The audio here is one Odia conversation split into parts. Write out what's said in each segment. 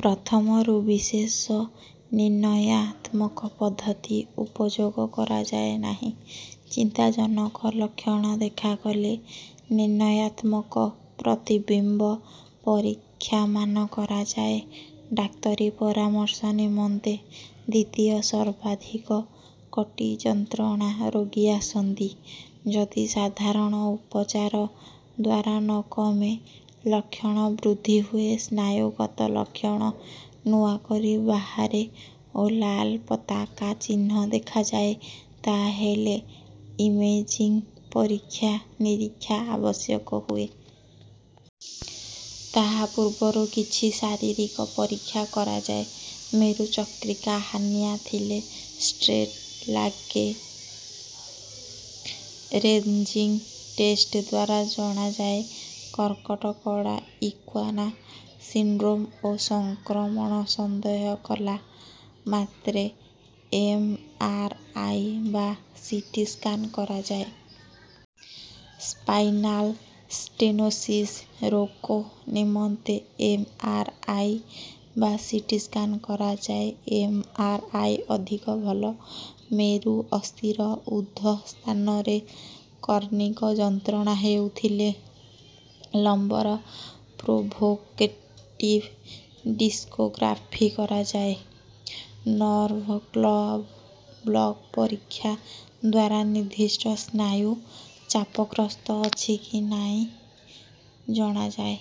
ପ୍ରଥମରୁ ବିଶେଷ ନିର୍ଣ୍ଣୟାତ୍ମକ ପଦ୍ଧତି ଉପଯୋଗ କରାଯାଏ ନାହିଁ। ଚିନ୍ତାଜନକ ଲକ୍ଷଣ ଦେଖାଗଲେ ନିର୍ଣ୍ଣୟାତ୍ମକ ପ୍ରତିବିମ୍ବ ପରୀକ୍ଷାମାନ କରାଯାଏ। ଡାକ୍ତରୀ ପରାମର୍ଶ ନିମନ୍ତେ ଦ୍ୱିତୀୟ ସର୍ବାଧିକ କଟି ଯନ୍ତ୍ରଣା ରୋଗୀ ଆସନ୍ତି। ଯଦି ସାଧାରଣ ଉପଚାର ଦ୍ୱାରା ନ କମେ ଲକ୍ଷଣ ବୃଦ୍ଧି ହୁଏ ସ୍ନାୟୁଗତ ଲକ୍ଷଣ ନୂଆ କରି ବାହାରେ ଓ ଲାଲ ପତାକା ଚିହ୍ନ ଦେଖାଯାଏ ତାହାହେଲେ ଇମେଜିଙ୍ଗ ପରୀକ୍ଷା ନିରୀକ୍ଷା ଆବଶ୍ୟକ ହୁଏ। ତାହା ପୂର୍ବରୁ କିଛି ଶାରୀରିକ ପରୀକ୍ଷା କରାଯାଏ। ମେରୁ ଚକ୍ରିକା ହାର୍ନିଆ ଥିଲେ ଷ୍ଟ୍ରେଟ ଲେଗ ରେଜିଙ୍ଗ ଟେଷ୍ଟ ଦ୍ୱାରା ଜଣାଯାଏ। କର୍କଟ କଡା ଇକ୍ୱାନା ସିଣ୍ଡ୍ରୋମ ଓ ସଂକ୍ରମଣ ସନ୍ଦେହ କଲା ମାତ୍ରେ ଏମ ଆର ଆଇ ବା ସି ଟି ସ୍କାନ କରାଯାଏ। ସ୍ପାଇନାଲ ଷ୍ଟେନୋସିସ ରୋଗ ନିମନ୍ତେ ଏମ ଆର ଆଇ ବା ସି ଟି ସ୍କାନ କରାଯାଏ ଏମ ଆର ଆଇ ଅଧିକ ଭଲ। ମେରୁ ଅସ୍ଥିର ଉର୍ଦ୍ଧ୍ୱ ସ୍ଥାନରେ କ୍ରନିକ ଯନ୍ତ୍ରଣା ହେଉଥିଲେ ଲମ୍ବର ପ୍ରୋଭୋକେଟିଭ ଡିସ୍କୋଗ୍ରାଫି କରାଯାଏ। ନର୍ଭ କ୍ଲବ୍ ବ୍ଲକ ପରୀକ୍ଷା ଦ୍ୱାରା ନିର୍ଦ୍ଦିଷ୍ଟ ସ୍ନାୟୁ ଚାପଗ୍ରସ୍ତ ଅଛି କି ନାଇଁ ଜଣାଯାଏ।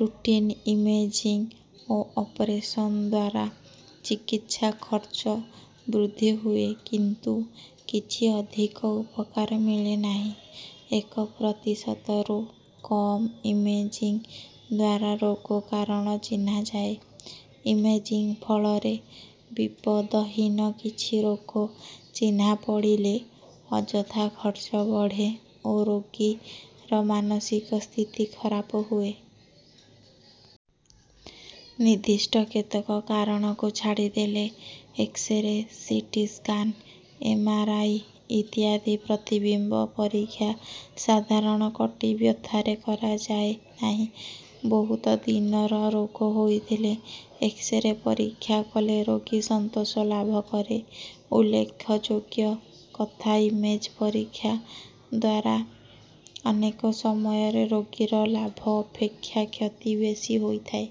ରୁଟିନ ଇମେଜିଙ୍ଗ ଓ ଅପରେସନ ଦ୍ୱାରା ଚିକିତ୍ସା ଖର୍ଚ୍ଚ ବୃଦ୍ଧି ହୁଏ କିନ୍ତୁ କିଛି ଅଧିକ ଉପକାର ମିଳେ ନାହିଁ। ଏକ ପ୍ରତିଶତରୁ କମ ଇମେଜିଙ୍ଗ ଦ୍ୱାରା ରୋଗ କାରଣ ଚିହ୍ନାଯାଏ। ଇମେଜିଙ୍ଗ ଫଳରେ ବିପଦହୀନ କିଛି ରୋଗ ଚିହ୍ନା ପଡ଼ିଲେ ଅଯଥା ଖର୍ଚ୍ଚ ବଢ଼େ ଓ ରୋଗୀର ମାନସିକ ସ୍ଥିତି ଖରାପ ହୁଏ। ନିର୍ଦ୍ଦିଷ୍ଟ କେତେକ କାରଣକୁ ଛାଡ଼ିଦେଲେ x-ray CT scan M R I ଇତ୍ୟାଦି ପ୍ରତିବିମ୍ବ ପରୀକ୍ଷା ସାଧାରଣ କଟି ବ୍ୟଥାରେ କରାଯାଏ ନାହିଁ। ବହୁତ ଦିନର ରୋଗ ହୋଇଥିଲେ ଏକ୍ସରେ ପରୀକ୍ଷା କଲେ ରୋଗୀ ସନ୍ତୋଷ ଲାଭ କରେ। ଉଲ୍ଲେଖଯୋଗ୍ୟ କଥା ଇମେଜ ପରୀକ୍ଷା ଦ୍ୱାରା ଅନେକ ସମୟରେ ରୋଗୀର ଲାଭ ଅପେକ୍ଷା କ୍ଷତି ବେଶୀ ହୋଇଥାଏ।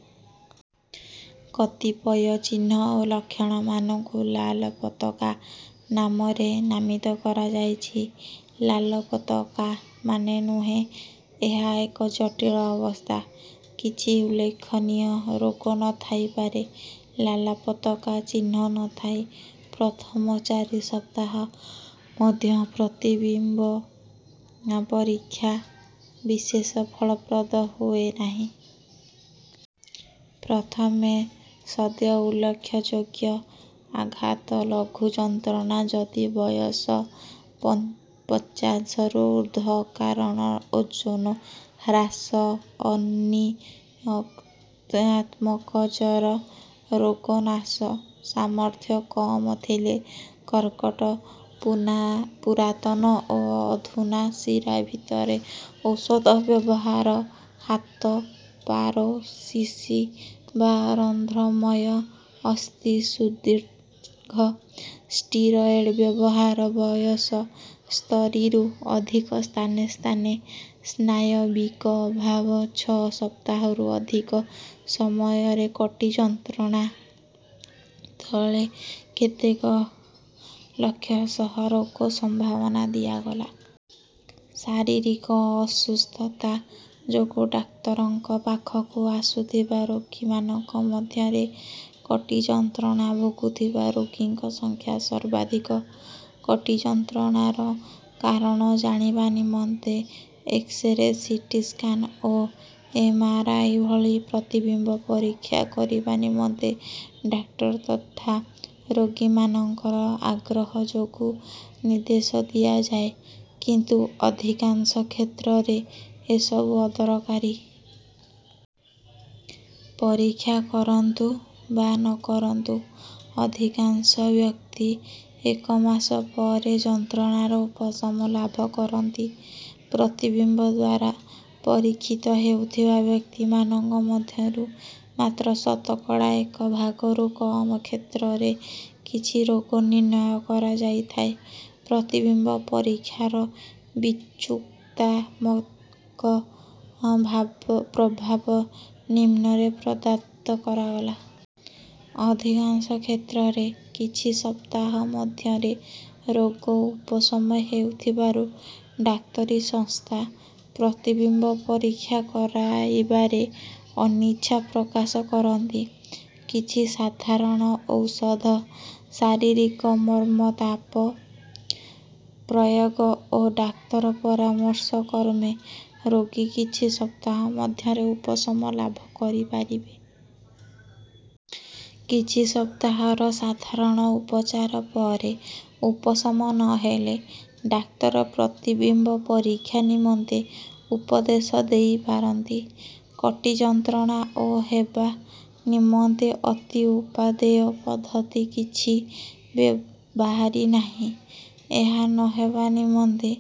କତିପୟ ଚିହ୍ନ ଓ ଲକ୍ଷଣମାନଙ୍କୁ ଲାଲ ପତାକା ନାମରେ ନାମିତ କରାଯାଇଛି। ଲାଲ ପତାକା ମାନେ ନୁହେଁ ଏହା ଏକ ଜଟିଳ ଅବସ୍ଥା। କିଛି ଉଲ୍ଲେଖନୀୟ ରୋଗ ନ ଥାଇପାରେ। ଲାଲ ପତାକା ଚିହ୍ନ ନ ଥାଇ ପ୍ରଥମ ଚାରି ସପ୍ତାହ ମଧ୍ୟ ପ୍ରତିବିମ୍ବ ପରୀକ୍ଷା ବିଶେଷ ଫଳପ୍ରଦ ହୁଏ ନାହିଁ। ପ୍ରଥମେ ସଦ୍ୟ ଉଲ୍ଲେଖଯୋଗ୍ୟ ଆଘାତ ଲଘୁ ଯନ୍ତ୍ରଣା ଯଦି ବୟସ ପଞ୍ଚ ପଞ୍ଚାଶରୁ ଉର୍ଦ୍ଧ୍ୱ ଅକାରଣ ଓଜନ ହ୍ରାସ ଅନିତାୟାତ୍ମକ ଜ୍ୱର ରୋଗ ନାଶ ସାମର୍ଥ୍ୟ କମ ଥିଲେ କର୍କଟ ପୁନା ପୁରାତନ ଓ ଅଧୁନା ଶିରା ଭିତରେ ଔଷଧ ବ୍ୟବହାର ହାତ ପାରୋସିସ ବା ରନ୍ଧ୍ରମୟ ଅସ୍ଥି ସୁଦୀର୍ଘ ଷ୍ଟିରଏଡ ବ୍ୟବହାର ବୟସ ସ୍ତରୀରୁ ଅଧିକ ସ୍ଥାନେ ସ୍ଥାନେ ସ୍ନାୟବିକ ଅଭାବ ଛଅ ସପ୍ତାହରୁ ଅଧିକ ସମୟରେ କଟି ଯନ୍ତ୍ରଣା ତଳେ କେତେକ ଲକ୍ଷଣ ସହ ରୋଗ ସମ୍ଭାବନା ଦିଆଗଲା। ଶାରୀରିକ ଅସୁସ୍ଥତା ଯୋଗୁଁ ଡାକ୍ତରଙ୍କ ପାଖକୁ ଆସୁଥିବା ରୋଗୀମାନଙ୍କ ମଧ୍ୟରେ କଟି ଯନ୍ତ୍ରଣା ଭୋଗୁଥିବା ରୋଗୀଙ୍କ ସଂଖ୍ୟା ସର୍ବାଧିକ। କଟି ଯନ୍ତ୍ରଣାର କାରଣ ଜାଣିବା ନିମନ୍ତେ ଏକ୍ସରେ ସିଟି ସ୍କାନ ଓ ଏମ ଆର ଆଇ ଭଳି ପ୍ରତିବିମ୍ବ ପରୀକ୍ଷା କରିବା ନିମନ୍ତେ ଡାକ୍ତର ତଥା ରୋଗୀମାନଙ୍କର ଆଗ୍ରହ ଯୋଗୁଁ ନିର୍ଦ୍ଦେଶ ଦିଆଯାଏ କିନ୍ତୁ ଅଧିକାଂଶ କ୍ଷେତ୍ରରେ ଏସବୁ ଅଦରକାରୀ। ପରୀକ୍ଷା କରନ୍ତୁ ବା ନ କରନ୍ତୁ ଅଧିକାଂଶ ବ୍ୟକ୍ତି ଏକ ମାସ ପରେ ଯନ୍ତ୍ରଣାରୁ ଉପଶମ ଲାଭ କରନ୍ତି। ପ୍ରତିବିମ୍ବ ଦ୍ୱାରା ପରୀକ୍ଷିତ ହେଉଥିବା ବ୍ୟକ୍ତିମାନଙ୍କ ମଧ୍ୟରୁ ମାତ୍ର ଶତକଡ଼ା ଏକ ଭାଗରୁ କମ କ୍ଷେତ୍ରରେ କିଛି ରୋଗ ନିର୍ଣ୍ଣୟ କରାଯାଇଥାଏ। ପ୍ରତିବିମ୍ବ ପରୀକ୍ଷାର ବିଯୁକ୍ତାତ୍ମକ ଭାବ ପ୍ରଭାବ ନିମ୍ନରେ ପ୍ରଦତ୍ତ କରାଗଲା। ଅଧିକାଂଶ କ୍ଷେତ୍ରରେ କିଛି ସପ୍ତାହ ମଧ୍ୟରେ ରୋଗ ଉପଶମ ହେଉଥିବାରୁ ଡାକ୍ତରୀ ସଂସ୍ଥା ପ୍ରତିବିମ୍ବ ପରୀକ୍ଷା କରାଇବାରେ ଅନିଚ୍ଛା ପ୍ରକାଶ କରନ୍ତି। କିଛି ସାଧାରଣ ଔଷଧ ଶାରୀରିକ ମର୍ମ ତାପ ପ୍ରୟୋଗ ଓ ଡାକ୍ତର ପରାମର୍ଶକ୍ରମେ ରୋଗୀ କିଛି ସପ୍ତାହ ମଧ୍ୟରେ ଉପଶମ ଲାଭ କରିପାରିବେ। କିଛି ସପ୍ତାହର ସାଧାରଣ ଉପଚାର ପରେ ଉପଶମ ନ ହେଲେ ଡାକ୍ତର ପ୍ରତିବିମ୍ବ ପରୀକ୍ଷା ନିମନ୍ତେ ଉପଦେଶ ଦେଇପାରନ୍ତି। କଟି ଯନ୍ତ୍ରଣା ଓ ହେବା ନିମନ୍ତେ ଅତି ଉପାଦେୟ ପଦ୍ଧତି କିଛି ବେ ବାହାରି ନାହିଁ। ଏହା ନ ହେବା ନିମନ୍ତେ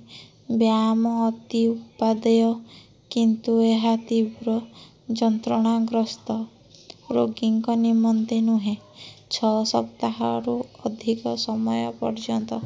ବ୍ୟାୟାମ ଅତି ଉପାଦେୟ କିନ୍ତୁ ଏହା ତୀବ୍ର ଯନ୍ତ୍ରଣାଗ୍ରସ୍ତ ରୋଗୀଙ୍କ ନିମନ୍ତେ ନୁହେଁ। ଛଅ ସପ୍ତାହରୁ ଅଧିକ ସମୟ ପର୍ଯ୍ୟନ୍ତ।